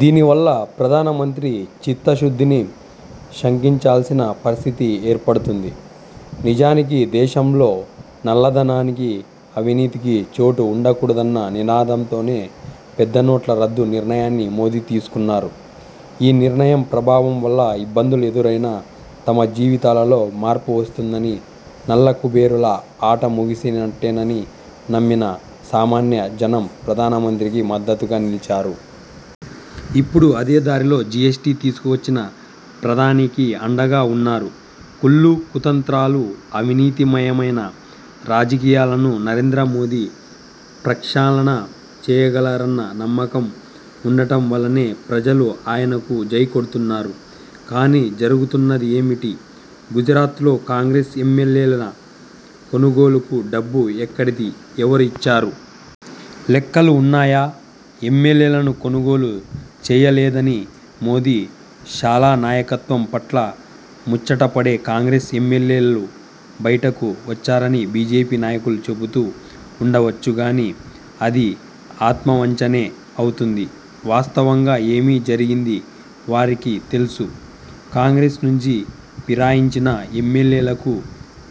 దీనివల్ల ప్రధానమంత్రి చిత్తశుద్ధిని శంకించాల్సిన పరిస్థితి ఏర్పడుతుంది. నిజానికి దేశంలో నల్లధనానికి, అవినీతికి చోటు ఉండకూడదన్న నినాదంతోనే పెద్ద నోట్ల రద్దు నిర్ణయాన్ని మోదీ తీసుకున్నారు. ఈ నిర్ణయం ప్రభావం వల్ల ఇబ్బందులు ఎదురైనా తమ జీవితాలలో మార్పు వస్తుందనీ, నల్లకుబేరుల ఆట ముగిసినట్టేనని నమ్మిన సామాన్య జనం ప్రధానమంత్రికి మద్దతుగా నిలిచారు. ఇప్పుడు అదే దారిలో జీఎస్టీ తీసుకువచ్చినా ప్రధానికి అండగా ఉన్నారు. కుళ్లు, కుతంత్రాలు, అవినీతిమయమైన రాజకీయాలను నరేంద్ర మోదీ ప్రక్షాళన చేయగలరన్న నమ్మకం ఉండటం వల్లనే ప్రజలు ఆయనకు జైకొడుతున్నారు. కానీ జరుగుతున్నది ఏమిటి? గుజరాత్లో కాంగ్రెస్ ఎమ్మెల్యేల కొనుగోలుకు డబ్బు ఎక్కడిది? ఎవరు ఇచ్చారు? లెక్కలు ఉన్నాయా? ఎమ్మెల్యేలను కొనుగోలు చేయలేదనీ, మోదీ– షాల నాయకత్వం పట్ల ముచ్చటపడే కాంగ్రెస్ ఎమ్మెల్యేలు బయటకు వచ్చారని బీజేపీ నాయకులు చెబుతూ ఉండవచ్చు గానీ, అది ఆత్మవంచనే అవుతుంది. వాస్తవంగా ఏమి జరిగిందీ వారికీ తెలుసు. కాంగ్రెస్ నుంచి ఫిరాయించిన ఎమ్మెల్యేలకూ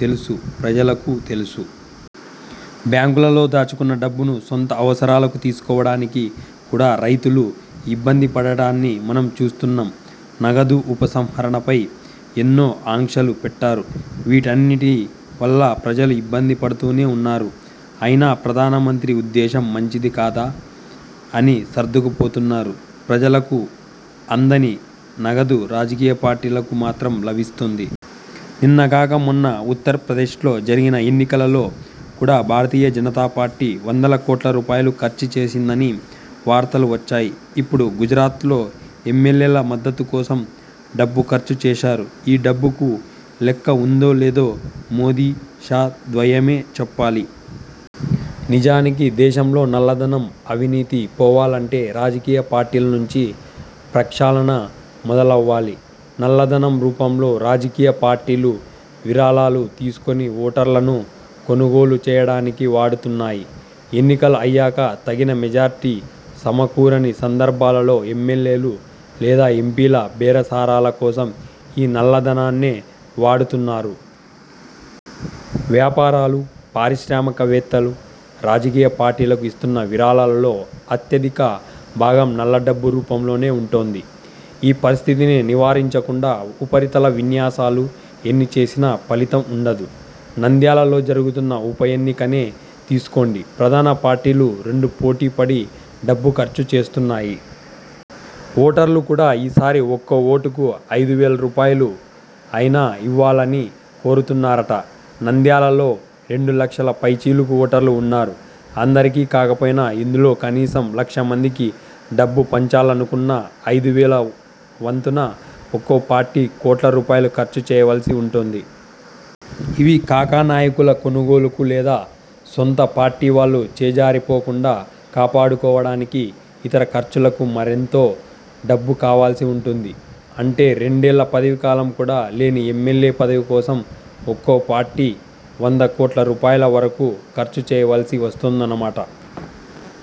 తెలుసు. ప్రజలకూ తెలుసు. బ్యాంకులలో దాచుకున్న డబ్బును సొంత అవసరాలకు తీసుకోవడానికి కూడా రైతులు ఇబ్బందిపడటాన్ని మనం చూస్తున్నాం. నగదు ఉపసంహరణపై ఎన్నో ఆంక్షలు పెట్టారు. వీటి అన్నింటి వల్ల ప్రజలు ఇబ్బంది పడుతూనే ఉన్నారు. అయినా ప్రధానమంత్రి ఉద్దేశం మంచిది కదా! అని సర్దుకుపోతున్నారు. ప్రజలకు అందని నగదు రాజకీయ పార్టీలకు మాత్రం లభిస్తోంది. నిన్నగాక మొన్న ఉత్తరప్రదేశ్లో జరిగిన ఎన్నికలలో కూడా భారతీయ జనతా పార్టీ వందల కోట్ల రూపాయలు ఖర్చు చేసిందని వార్తలు వచ్చాయి. ఇప్పుడు గుజరాత్లో ఎమ్మెల్యేల మద్దతు కోసం డబ్బు ఖర్చు చేశారు. ఈ డబ్బుకు లెక్క ఉందో లేదో మోదీ– షా ద్వయమే చెప్పాలి. నిజానికి దేశంలో నల్లధనం, అవినీతి పోవాలంటే రాజకీయ పార్టీల నుంచే ప్రక్షాళన మొదలవ్వాలి. నల్లధనం రూపంలో రాజకీయ పార్టీలు విరాళాలు తీసుకుని ఓటర్లను కొనుగోలు చేయడానికి వాడుతున్నాయి. ఎన్నికలు అయ్యాక తగిన మెజారిటీ సమకూరని సందర్భాలలో ఎమ్మెల్యేలు లేదా ఎంపీల బేరసారాల కోసం ఈ నల్లధనాన్నే వాడుతున్నారు. వ్యాపారులు– పారిశ్రామికవేత్తలు రాజకీయ పార్టీలకు ఇస్తున్న విరాళాలలో అత్యధిక భాగం నల్ల డబ్బు రూపంలోనే ఉంటోంది. ఈ పరిస్థితిని నివారించకుండా ఉపరితల విన్యాసాలు ఎన్ని చేసినా ఫలితం ఉండదు. నంద్యాలలో జరుగుతున్న ఉప ఎన్నికనే తీసుకోండి. ప్రధాన పార్టీలు రెండూ పోటీ పడి డబ్బు ఖర్చు చేస్తున్నాయి. ఓటర్లు కూడా ఈసారి ఒక్కో ఓటుకు అయిదు వేల రూపాయలు అయినా ఇవ్వాలని కోరుతున్నారట! నంద్యాలలో రెండు లక్షల పైచిలుకు ఓటర్లు ఉన్నారు. అందరికీ కాకపోయినా ఇందులో కనీసం లక్ష మందికి డబ్బు పంచాలనుకున్నా అయిదు వేల వంతున ఒక్కో పార్టీ కోట్ల రూపాయలు ఖర్చు చేయవలసి ఉంటుంది. ఇవి కాక నాయకుల కొనుగోలుకు లేదా సొంత పార్టీవాళ్లు చేజారిపోకుండా కాపాడుకోవడానికి ఇతర ఖర్చులకు మరెంతో డబ్బు కావలసి ఉంటుంది. అంటే రెండేళ్ల పదవీకాలం కూడా లేని ఎమ్మెల్యే పదవి కోసం ఒక్కో పార్టీ వంద కోట్ల రూపాయల వరకు ఖర్చు చేయవలసి వస్తోందన్న మాట!